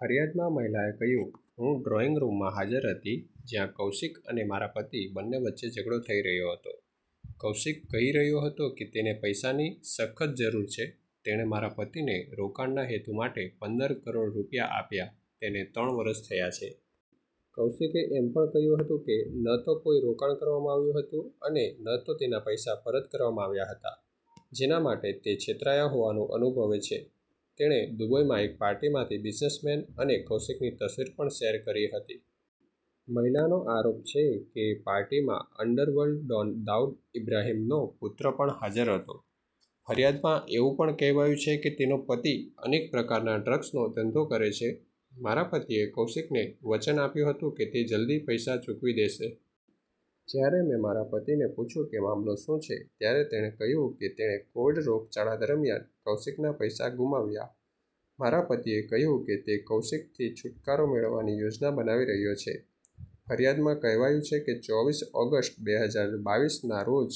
ફરિયાદમાં મહિલાએ કહ્યું- હું ડ્રોઈંગ રૂમમાં હાજર હતી જ્યાં કૌશિક અને મારા પતિ બંને વચ્ચે ઝઘડો થઈ રહ્યો હતો. કૌશિક કહી રહ્યો હતો કે તેને પૈસાની સખત જરૂર છે. તેણે મારા પતિને રોકાણના હેતુ માટે પંદર કરોડ રૂપિયા આપ્યા તેને ત્રણ વર્ષ થયા છે. કૌશિકે એમ પણ કહ્યું હતું કે, ન તો કોઈ રોકાણ કરવામાં આવ્યું હતું અને ન તો તેના પૈસા પરત કરવામાં આવ્યા હતા, જેના માટે તે છેતરાયા હોવાનું અનુભવે છે. તેણે દુબઈમાં એક પાર્ટીમાંથી બિઝનેસમેન અને કૌશિકની તસવીર પણ શેર કરી હતી. મહિલાનો આરોપ છે કે, પાર્ટીમાં અંડરવર્લ્ડ ડોન દાઉદ ઈબ્રાહિમનો પુત્ર પણ હાજર હતો. ફરિયાદમાં એવું પણ કહેવાયું છે કે, તેનો પતિ અનેક પ્રકારના ડ્રગ્સનો ધંધો કરે છે. મારા પતિએ કૌશિકને વચન આપ્યું હતું કે તે જલ્દી પૈસા ચૂકવી દેશે. જ્યારે મેં મારા પતિને પૂછ્યું કે મામલો શું છે, ત્યારે તેણે કહ્યું કે તેણે કોવિડ રોગચાળા દરમિયાન કૌશિકના પૈસા ગુમાવ્યા. મારા પતિએ કહ્યું કે તે કૌશિકથી છૂટકારો મેળવવાની યોજના બનાવી રહ્યો છે. ફરિયાદમાં કહેવાયું છે કે, ચોવીસ ઓગસ્ટ બે હજાર બાવીસના રોજ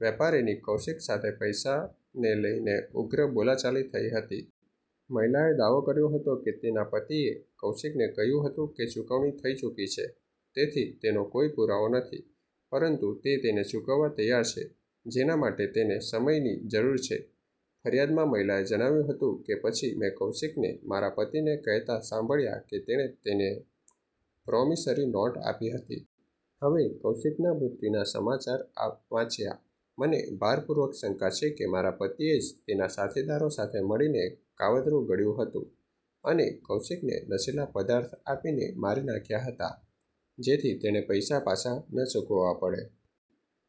વેપારીની કૌશિક સાથે પૈસાને લઈને ઉગ્ર બોલાચાલી થઈ હતી. મહિલાએ દાવો કર્યો હતો કે તેના પતિએ કૌશિકને કહ્યું હતું કે ચૂકવણી થઈ ચૂકી છે, તેથી તેનો કોઈ પુરાવો નથી, પરંતુ તે તેને ચૂકવવા તૈયાર છે, જેના માટે તેને સમયની જરૂર છે. ફરિયાદમાં મહિલાએ જણાવ્યું હતું કે, "પછી મેં કૌશિકને મારા પતિને કહેતા સાંભળ્યા કે તેણે તેને પ્રોમિસરી નોટ આપી હતી. હવે કૌશિકના મૃત્યુના સમાચાર વાંચ્યા. મને ભારપૂર્વક શંકા છે કે મારા પતિએ જ તેના સાથીદારો સાથે મળીને કાવતરું ઘડ્યું હતું અને કૌશિકને નશીલા પદાર્થ આપીને મારી નાખ્યા હતા. જેથી તેણે પૈસા પાછા ન ચૂકવવા પડે.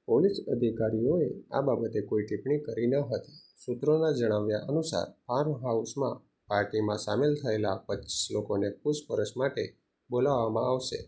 પોલીસ અધિકારીઓએ આ બાબતે કોઈ ટિપ્પણી કરી ન હતી. સૂત્રોના જણાવ્યા અનુસાર ફાર્મહાઉસમાં પાર્ટીમાં સામેલ થયેલા પચ્ચીસ લોકોને પૂછપરછ માટે બોલાવવામાં આવશે.